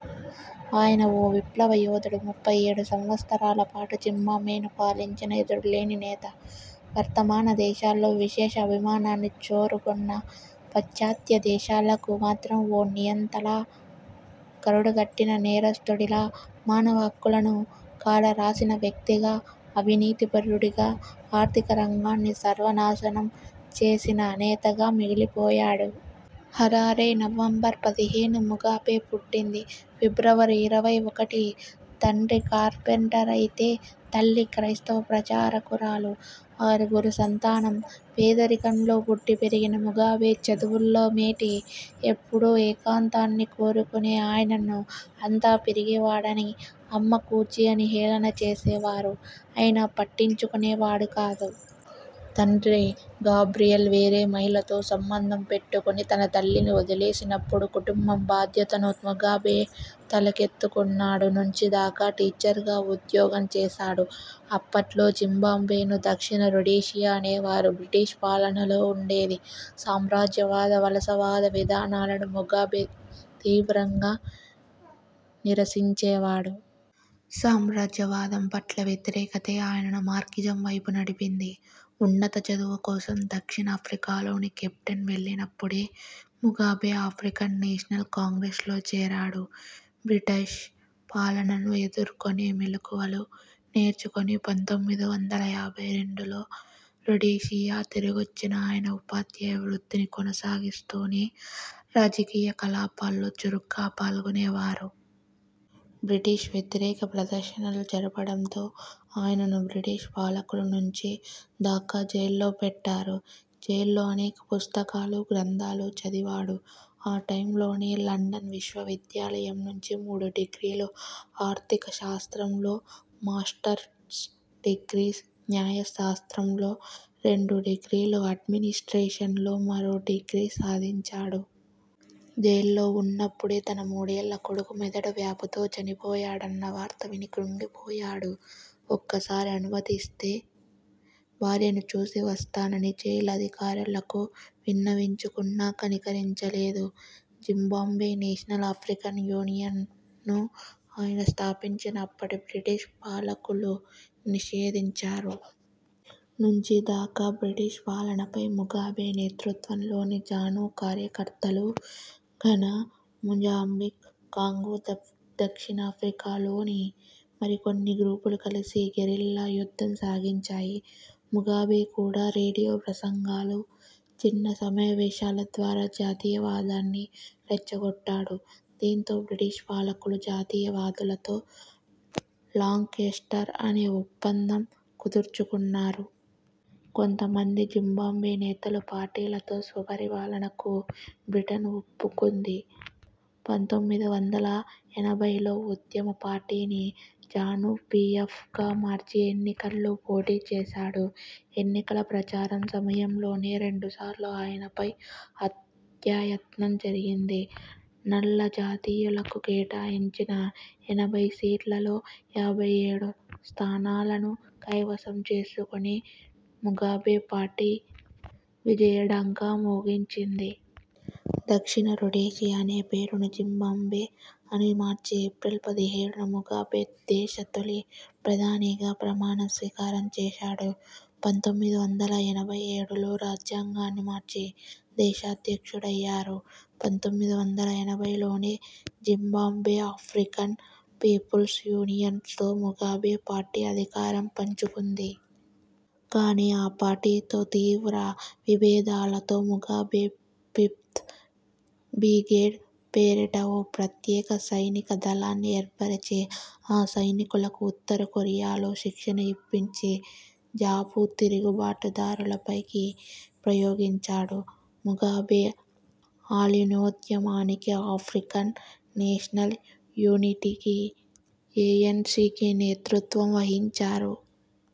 ఆయన ఓ విప్లవ యోధుడు. ముప్పై ఏడు సంవత్సరాల పాటు జింబాబ్వేను పాలించిన ఎదురులేని నేత. వర్థమాన దేశాల్లో విశేష అభిమానాన్ని చోరగొన్నా పాశ్చాత్య దేశాలకు మాత్రం ఓ నియంతలా, కరడుగట్టిన నేరస్తుడిలా, మానవ హక్కులను కాలరాసిన వ్యక్తిగా, అవినీతి పరుడిగా, ఆర్థిక రంగాన్ని సర్వనాశనం చేసిన నేతగా మిలిగిపోయాడు. హరారే, నవంబర్ పదిహేను ముగాబే పుట్టింది ఫిబ్రవరి ఇరవై ఒకటి. తండ్రి కార్పెంటరైతే తల్లి క్రైస్తవ ప్రచారకురాలు. ఆరుగురు సంతానం. పేదరికంలో పుట్టి పెరిగిన ముగాబే చదువుల్లో మేటి. ఎప్పుడూ ఏకాంతాన్ని కోరుకునే ఆయనను అంతా పిరికివాడని, అమ్మ కూచి అని హేళన చేసేవారు. అయినా పట్టించుకునే వాడు కాదు. తండ్రి గాబ్రియల్ వేరే మహిళతో సంబంధం పెట్టుకొని తన తల్లిని వదిలేసినపుడు కుటుంబం బాధ్యతను ముగాబేనే తలకెత్తుకున్నాడు. నుంచి దాకా టీచర్గా ఉద్యోగం చేశాడు. అప్పట్లో జింబాబ్వేను దక్షిణ రొడీషియా అనేవారు. బ్రిటిష్ పాలనలో ఉండేది. సామ్రాజ్యవాద, వలస వాద విధానాలను ముగాబే తీవ్రంగా నిరసించేవాడు. సామ్రాజ్యవాదం పట్ల వ్యతిరేకతే ఆయనను మార్క్సిజం వైపు నడిపింది. ఉన్నత చదువు కోసం దక్షిణాఫ్రికాలోని కేప్టౌన్ వెళ్ళినపుడే ముగాబే ఆఫ్రికన్ నేషనల్ కాంగ్రెస్ లో చేరాడు. బ్రిటిష్ పాలనను ఎదుర్కొనే మెళకువలు నేర్చుకుని పంతొమ్మిది వందల యాభై రెండులో రొడీషియా తిరిగొచ్చిన ఆయన ఉపాధ్యాయ వృత్తిని కొనసాగిస్తూనే రాజకీయ కార్యకలాపాల్లో చురుగ్గా పాల్గొనేవారు. బ్రిటిష్ వ్యతిరేక ప్రదర్శనలు జరపడంతో ఆయనను బ్రిటిష్ పాలకులు నుంచి దాకా జైల్లో పెట్టారు. జైల్లో అనేక పుస్తకాలు, గ్రంథాలు చదివాడు. ఆ టైమ్లోనే లండన్ విశ్వవిద్యాలయం నుంచి మూడు డిగ్రీలు, ఆర్థిక శాస్త్రంలో మాస్టర్ డిగ్రీ, న్యాయశాస్త్రంలో రెండు డిగ్రీలు, అడ్మినిస్ట్రేషన్లో మరో డిగ్రీ సాధించాడు. జైల్లో ఉన్నపుడే తన మూడేళ్ళ కొడుకు మెదడు వ్యాపు వ్యాధితో చనిపోయాడన్న వార్త విని కుంగిపోయాడు. ఒకసారి అనుమతి ఇస్తే భార్యను చూసి వస్తానని జైలు అధికారులకు విన్నవించుకున్నా కనికరించలేదు. జింబాబ్వే నేషనల్ ఆఫ్రికన్ యూనియన్ ను ఆయన స్థాపించినా అప్పటి బ్రిటిష్ పాలకులు నిషేధించారు. నుంచి దాకా బ్రిటిష్ పాలనపై ముగాబే నేతృత్వంలోని జాను కార్యకర్తలు, ఘనా, మొజాంబిక్, కాంగో, దక్షిణాఫ్రికాల్లోని మరికొన్ని గ్రూపులు కలిసి గెరిల్లా యుద్ధం సాగించాయి. ముగాబే కూడా రేడియో ప్రసంగాలు, చిన్న సమావేశాల ద్వారా జాతీయవాదాన్ని రెచ్చగొట్టాడు. దీంతో బ్రిటిష్ పాలకులు జాతీయ వాదులతో లాంకెస్టర్ అనే ఒప్పందం కుదుర్చుకున్నారు. కొంతమంది జింబాబ్వే నేతలు, పార్టీలతో స్వపరిపాలనకు బ్రిటన్ ఒప్పుకుంది. పంతొమ్మిది వందల ఎనభైలో ఉద్యమ పార్టీని ''జాను-పిఎఫ్'' గా మార్చి ఎన్నికల్లో పోటీచేశాడు. ఎన్నికల ప్రచార సమయంలోనే రెండుసార్లు ఆయనపై హత్యాయత్నం జరిగింది. నల్ల జాతీయులకు కేటాయించిన ఎనభై సీట్లలో యాభై ఏడు స్థానాలను కైవసం చేసుకుని ముగాబే పార్టీ విజయఢంకా మోగించింది. దక్షిణ రొడీషియా అనే పేరును జింబాబ్వే అని మార్చి ఏప్రిల్ పదిహేడున ముగాబే దేశ తొలి ప్రధానిగా ప్రమాణ స్వీకారం చేశాడు. పంతొమ్మిది వందల ఎనభై ఏడులో రాజ్యాంగాన్ని మార్చి దేశాధ్యక్షుడయ్యారు. పంతొమ్మిది వందల ఎనభైలోనే జింబాబ్వే ఆఫ్రికన్ పీపుల్స్ యూనియన్ తో ముగాబే పార్టీ అధికారం పంచుకుంది. కానీ ఆ పార్టీతో తీవ్ర విభేదాలతో ముగాబే ఫిఫ్త్ బీగేడ్ పేరిట ఓ ప్రత్యేక సైనిక దళాన్ని ఏర్పరిచి, ఆ సైనికులకు ఉత్తర కొరియాలో శిక్షణ ఇప్పించి జాపు తిరుగుబాటు దారులపైకి ప్రయోగించాడు. ముగాబే అలీనోద్యమానికి, ఆఫ్రికన్ నేషనల్ యూనిటీకి, ఏఎన్సీకి నేతృత్వం వహించారు.